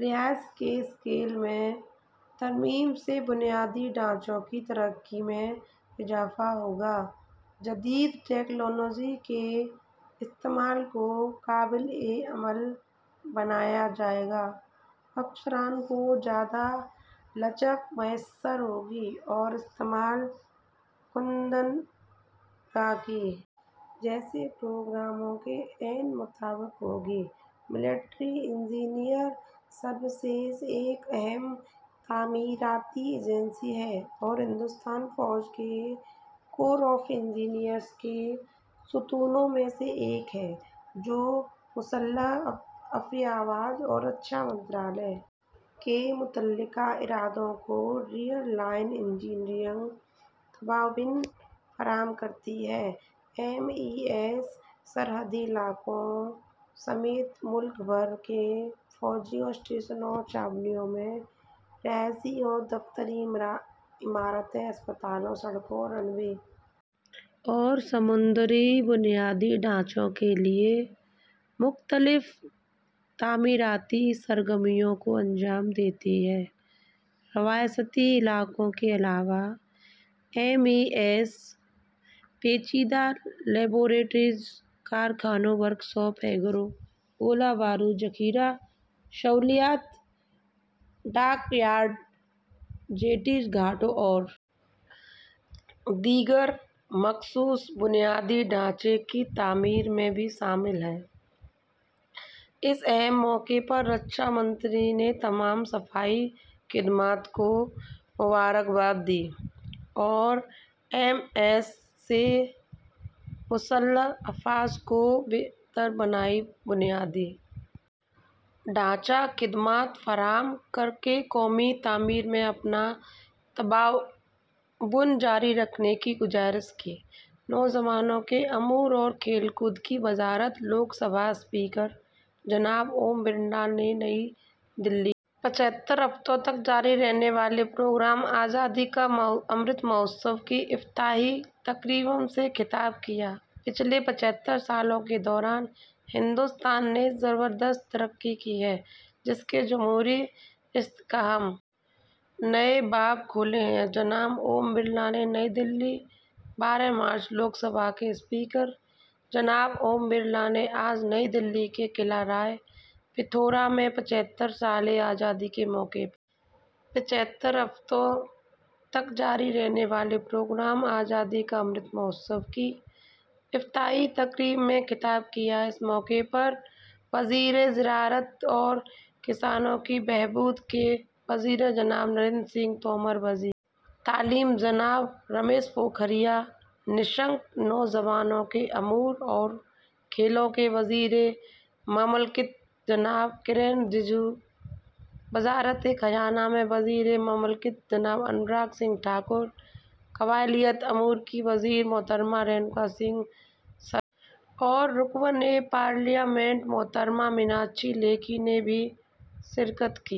رہائش کے اسکیل میں ترمیم سے بنیادی ڈھانچے کی ترقی میں اضافہ ہوگا جدید ٹیکنالوجی کے استعمال کو قابل عمل بنایا جائے گا افسران کو زیادہ لچک میسر ہوگی اور استعمال کنندگان کی جیسے پروگراموں کے عین مطابق ہوگی ملٹری انجینئر سروسز ایک اہم تعمیراتی ایجنسی ہے اور ہندوستانی فوج کے کور آف انجینئرز کے ستونوں میں سے ایک ہے جو مسلح افواج اور رکشا منترالیہ کے متعلقہ اداروں کو ریئر لائن انجینئرنگ تعاون فراہم کرتی ہے ایم ای ایس سرحدی علاقوں سمیت ملک بھر میں فوجی اسٹیشنوں اور چھاؤنیوں جیسے رہائشی اور دفتری عمارتوں اسپتالوں سڑکوں رن وے اور سمندری بنیادی ڈھانچے کے لیے مختلف تعمیراتی سرگرمیوں کو انجام دیتی ہے روایتی عمارتوں کے علاوہ ایم ای ایس پیچیدہ لیبارٹریوں کارخانوں ورکشاپس ہینگرز گولہ بارود ذخیرہ سہولتوں ڈاکیارڈ جیٹیز گھاٹوں اور دیگر مخصوص بنیادی ڈھانچے کی تعمیر میں بھی شامل ہے اس اہم موقع پر رکشا منتری نے تمام دفاعی خدمات کو مبارکباد دی اور ایم ای ایس سے مسلح افواج کو بہتر بنیادی ڈھانچہ خدمات فراہم کر کے قومی تعمیر میں اپنا تعاون جاری رکھنے کی گزارش کی نوجوانوں کے امور اور کھیل کود کی وزارت لوک سبھا اسپیکر جناب اوم برلا نے نئی دہلی میں پچھتر ہفتوں تک جاری رہنے والے پروگرام آزادی کا امرت مہوتسو کی افتتاحی تقریب سے خطاب کیا پچھلے پچھتر سالوں کے دوران ہندوستان نے زبردست ترقی کی ہے جس نے جمہوری استحکام کے نئے باب کھولے ہیں جناب اوم برلا نئی دہلی بارہ مارچ لوک سبھا کے اسپیکر جناب اوم برلا نے آج نئی دہلی کے قلعہ رائے پتھورا میں پچھترویں سال آزادی کے موقع پر پچھتر ہفتوں تک جاری رہنے والے پروگرام آزادی کا امرت مہوتسو کی افتتاحی تقریب سے خطاب کیا اس موقع پر وزیر زراعت اور کسانوں کی بہبود کے وزیر جناب نریندر سنگھ تومر وزیر تعلیم جناب رمیش پوکھریال نشنک نوجوانوں کے امور اور کھیلوں کے وزیر مملکت جناب کیرن رجیجو وزارت خزانہ میں وزیر مملکت جناب انوراگ سنگھ ٹھاکر قبائلی امور کی وزیر محترمہ رینوکا سنگھ سروتا اور رکن پارلیمنٹ محترمہ میناکشی لیکھی نے بھی شرکت کی